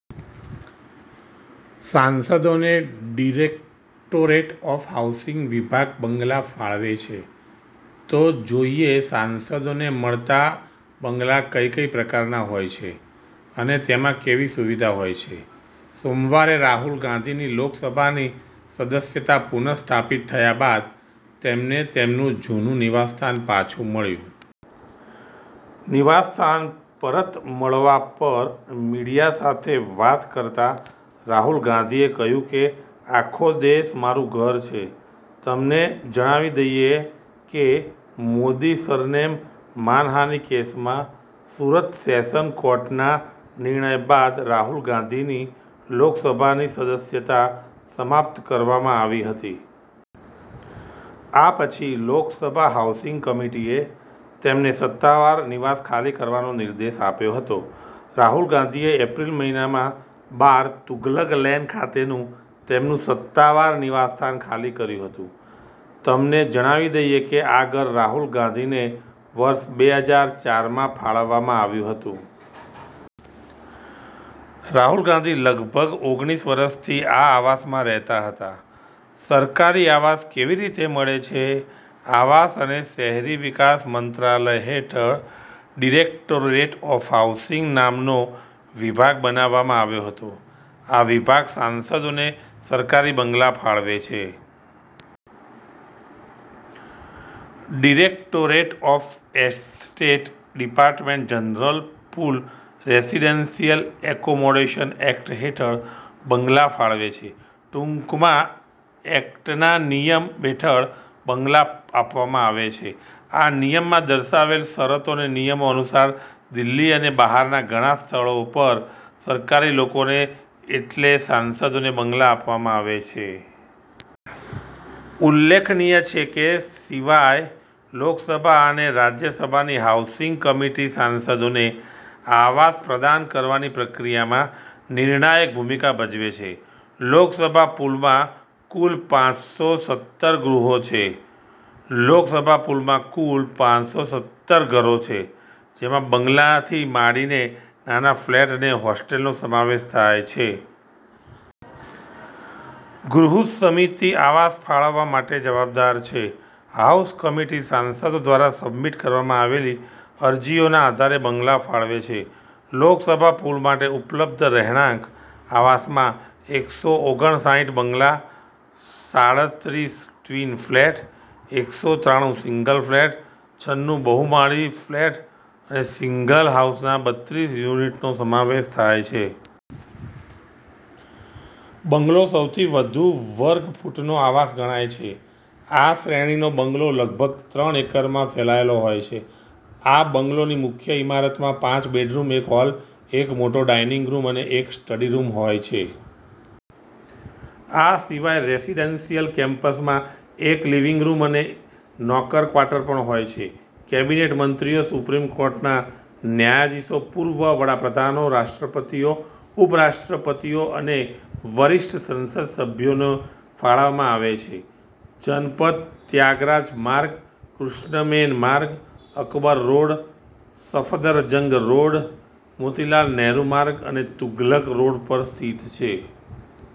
સાંસદોને directorate of housing વિભાગ બંગલા ફાળવે છે, તો જોઈએ સાંસદોને મળતા બંગલા કઈ કઈ પ્રકારના હોય છે, અને તેમાં કેવી સુવિધા હોય છે. સોમવારે રાહુલ ગાંધીની લોકસભાની સદસ્યતા પુનઃસ્થાપિત થયા બાદ, તેમને તેમનું જૂનું નિવાસસ્થાન પાછું મળ્યું. નિવાસસ્થાન પરત મળવા પર મીડિયા સાથે વાત કરતા રાહુલ ગાંધીએ કહ્યું કે, આખો દેશ મારું ઘર છે. તમને જણાવી દઈએ કે, મોદી સરનેમ માનહાનિ કેસમાં સુરત સેશન્સ કોર્ટના નિર્ણય બાદ રાહુલ ગાંધીની લોકસભાની સદસ્યતા સમાપ્ત કરવામાં આવી હતી. આ પછી લોકસભા હાઉસિંગ કમિટીએ તેમને સત્તાવાર નિવાસ ખાલી કરવાનો નિર્દેશ આપ્યો હતો. રાહુલ ગાંધીએ એપ્રિલ મહિનામાં બાર તુગલક લેન ખાતેનું તેમનું સત્તાવાર નિવાસસ્થાન ખાલી કર્યું હતું. તમને જણાવી દઈએ કે, આ ઘર રાહુલ ગાંધીને વર્ષ બે હજાર ચારમાં ફાળવવામાં આવ્યું હતું. રાહુલ ગાંધી લગભગ ઓગણીષ વર્ષથી આ આવાસમાં રહેતા હતા. સરકારી આવાસ કેવી રીતે મળે છે? આવાસ અને શહેરી વિકાસ મંત્રાલય હેઠળ ડિરેક્ટોરેટ ઓફ હાઉસિંગ નામનો વિભાગ બનાવવામાં આવ્યો હતો. આ વિભાગ સાંસદોને સરકારી બંગલા ફાળવે છે. Directorate of estate department general pool residential accommodation act હેઠળ બંગલા ફાળવે છે, ટૂંકમાં એક્ટના નિયમ હેઠળ બંગલા આપવામાં આવે છે. આ નિયમમાં દર્શાવેલ શરતો અને નિયમો અનુસાર દિલ્હી અને બહારના ઘણા સ્થળો પર સરકારી લોકોને એટલે સાંસદોને બંગલા આપવામાં આવે છે. ઉલ્લેખનીય છે કે, સિવાય, લોકસભા અને રાજ્યસભાની હાઉસિંગ કમિટી સાંસદોને આવાસ પ્રદાન કરવાની પ્રક્રિયામાં નિર્ણાયક ભૂમિકા ભજવે છે. લોકસભા પૂલમાં કુલ પાંચસો સત્તર ગૃહો છે, લોકસભા પૂલમાં કુલ પાંચસો સત્તર ઘરો છે, જેમાં બંગલાથી માંડીને નાના ફ્લેટ અને હોસ્ટેલનો સમાવેશ થાય છે. ગૃહ સમિતિ આવાસ ફાળવવા માટે જવાબદાર છે. હાઉસ કમિટી સાંસદો દ્વારા સબમિટ કરવામાં આવેલી અરજીઓના આધારે બંગલા ફાળવે છે. લોકસભા પૂલ માટે ઉપલબ્ધ રહેણાંક આવાસમાં એકસો ઓગણસાહિઠ બંગલા, સાળતરીસ ટ્વીન ફ્લેટ, એકસો ત્રાણુ સિંગલ ફ્લેટ, છન્નું બહુમાળી ફ્લેટ અને સિંગલ હાઉસના બત્રીસ યુનિટનો સમાવેશ થાય છે. બંગલો સૌથી વધુ વર્ગ ફૂટનો આવાસ ગણાય છે. આ શ્રેણીનો બંગલો લગભગ ત્રણ એકરમાં ફેલાયેલો હોય છે. આ બંગલોની મુખ્ય ઇમારતમાં પાંચ બેડરૂમ, એક હોલ, એક મોટો ડાઇનિંગ રૂમ અને એક સ્ટડી રૂમ હોય છે. આ સિવાય રેસિડેન્શિયલ કેમ્પસમાં એક લિવિંગ રૂમ અને નોકર ક્વાર્ટર પણ હોય છે. કેબિનેટ મંત્રીઓ, સુપ્રીમ કોર્ટના ન્યાયાધીશો, પૂર્વ વડા પ્રધાનો રાષ્ટ્રપતિઓ/ઉપ-રાષ્ટ્રપતિઓ અને વરિષ્ઠ સંસદસભ્યોને ફાળવવામાં આવે છે. જનપથ ત્યાગરાજ માર્ગ, કૃષ્ણ મેન માર્ગ, અકબર રોડ, સફદરજંગ રોડ, મોતીલાલ નહેરુ માર્ગ અને તુગલક રોડ પર સ્થિત છે.